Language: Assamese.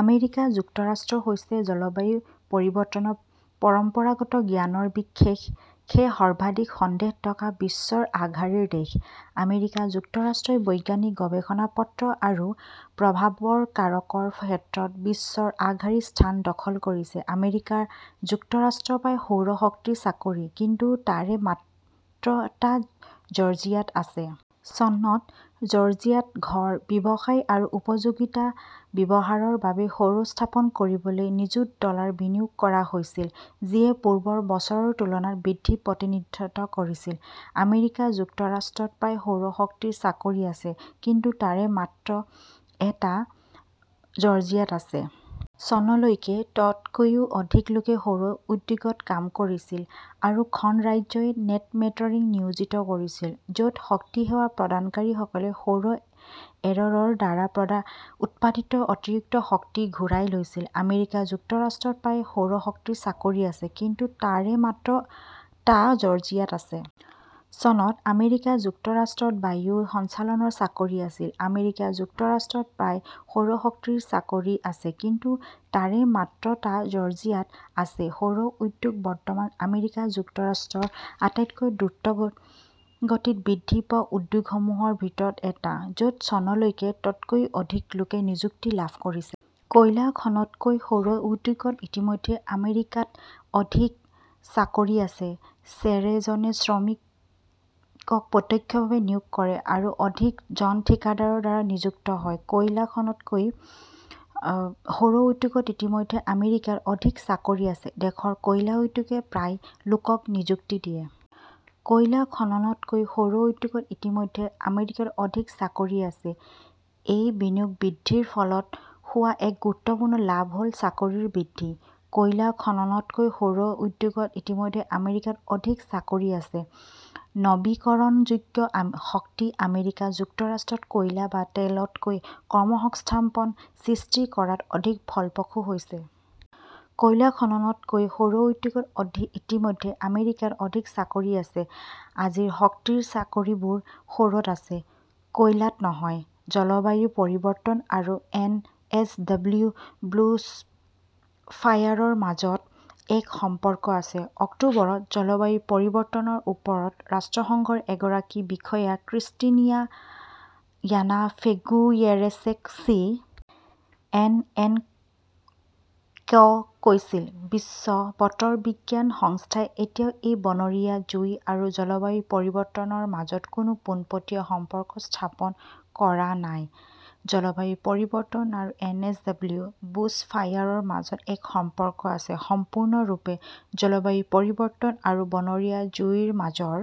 আমেৰিকা যুক্তৰাষ্ট্ৰ হৈছে "জলবায়ু পৰিৱৰ্তনৰ পৰম্পৰাগত জ্ঞানৰ বিষয়ে সৰ্বাধিক সন্দেহ থকা" বিশ্বৰ আগশাৰীৰ দেশ। আমেৰিকা যুক্তৰাষ্ট্ৰই বৈজ্ঞানিক গৱেষণা পত্ৰ আৰু প্ৰভাৱৰ কাৰকৰ ক্ষেত্ৰত বিশ্বৰ আগশাৰীৰ স্থান দখল কৰিছে। আমেৰিকা যুক্তৰাষ্ট্ৰত প্ৰায় সৌৰ শক্তিৰ চাকৰি আছে, কিন্তু তাৰে মাত্ৰ টা জৰ্জিয়াত আছে। চনত, জৰ্জিয়াত ঘৰ, ব্যৱসায় আৰু উপযোগিতা ব্যৱহাৰৰ বাবে সৌৰ স্থাপন কৰিবলৈ নিযুত ডলাৰ বিনিয়োগ কৰা হৈছিল যিয়ে পূৰ্বৰ বছৰৰ তুলনাত বৃদ্ধি প্ৰতিনিধিত্ব কৰিছিল। আমেৰিকা যুক্তৰাষ্ট্ৰত প্ৰায় সৌৰ শক্তিৰ চাকৰি আছে, কিন্তু তাৰে মাত্ৰ টা জৰ্জিয়াত আছে। চনলৈকে, তকৈও অধিক লোকে সৌৰ উদ্যোগত কাম কৰিছিল আৰু খন ৰাজ্যই নেট মিটাৰিং নিয়োজিত কৰিছিল, য 'ত শক্তি সেৱা প্ৰদানকাৰীসকলে সৌৰ এৰেৰ দ্বাৰা উৎপাদিত অতিৰিক্ত শক্তি ঘূৰাই লৈছিল। আমেৰিকা যুক্তৰাষ্ট্ৰত প্ৰায় সৌৰ শক্তিৰ চাকৰি আছে, কিন্তু তাৰে মাত্ৰ টা জৰ্জিয়াত আছে। চনত আমেৰিকা যুক্তৰাষ্ট্ৰত বায়ু সঞ্চালনৰ চাকৰি আছিল। আমেৰিকা যুক্তৰাষ্ট্ৰত প্ৰায় সৌৰ শক্তিৰ চাকৰি আছে, কিন্তু তাৰে মাত্ৰ টা জৰ্জিয়াত আছে। সৌৰ উদ্যোগ বৰ্তমান আমেৰিকা যুক্তৰাষ্ট্ৰৰ আটাইতকৈ দ্ৰুতগতিত বৃদ্ধি পোৱা উদ্যোগসমূহৰ ভিতৰত এটা, য 'ত চনলৈকে তকৈও অধিক লোকে নিযুক্তি লাভ কৰিছে। কয়লা খননতকৈ সৌৰ উদ্যোগত ইতিমধ্যে আমেৰিকাত অধিক চাকৰি আছে। চেৰেজনে জন শ্ৰমিকক প্ৰত্যক্ষভাৱে নিয়োগ কৰে, আৰু অধিক জন ঠিকাদাৰৰ দ্বাৰা নিযুক্ত হয়। কয়লা খননতকৈ সৌৰ উদ্যোগত ইতিমধ্যে আমেৰিকাত অধিক চাকৰি আছে। দেশৰ কয়লা উদ্যোগে প্ৰায় লোকক নিযুক্তি দিয়ে। কয়লা খননতকৈ সৌৰ উদ্যোগত ইতিমধ্যে আমেৰিকাত অধিক চাকৰি আছে। এই বিনিয়োগ বৃদ্ধিৰ ফলত হোৱা এটা গুৰুত্বপূৰ্ণ লাভ হ "ল চাকৰিৰ বৃদ্ধি। কয়লা খননতকৈ সৌৰ উদ্যোগত ইতিমধ্যে আমেৰিকাত অধিক চাকৰি আছে। নৱীকৰণযোগ্য শক্তি আমেৰিকা যুক্তৰাষ্ট্ৰত কয়লা বা তেলতকৈ কৰ্মসংস্থাপন সৃষ্টি কৰাত অধিক ফলপ্ৰসূ হৈছে। কয়লা খননতকৈ সৌৰ উদ্যোগত ইতিমধ্যে আমেৰিকাত অধিক চাকৰি আছে। "আজিৰ শক্তিৰ চাকৰিবোৰ সৌৰত আছে, কোইলাত নহয়। " জলবায়ু পৰিৱৰ্তন আৰু এনএছডব্লিউ বুশ্বফায়াৰৰ মাজত এক সম্পৰ্ক আছে। অক্টোবৰত জলবায়ু পৰিৱৰ্তনৰ ওপৰত ৰাষ্ট্ৰসংঘৰ এগৰাকী বিষয়া ক্ৰিষ্টিয়ানা ফিগুয়েৰেছে চি. এন. এন. ক কৈছিলঃ বিশ্ব বতৰ বিজ্ঞান সংস্থাই এতিয়াও এই বনৰীয়া জুই আৰু জলবায়ু পৰিৱৰ্তনৰ মাজত কোনো পোনপটীয়া সম্পৰ্ক স্থাপন কৰা নাই। জলবায়ু পৰিৱৰ্তন আৰু এনএছডব্লিউ বুশ্বফায়াৰৰ মাজত এক সম্পৰ্ক আছে। "" "সম্পূৰ্ণৰূপে" "জলবায়ু পৰিৱৰ্তন আৰু বনৰীয়া জুইৰ মাজৰ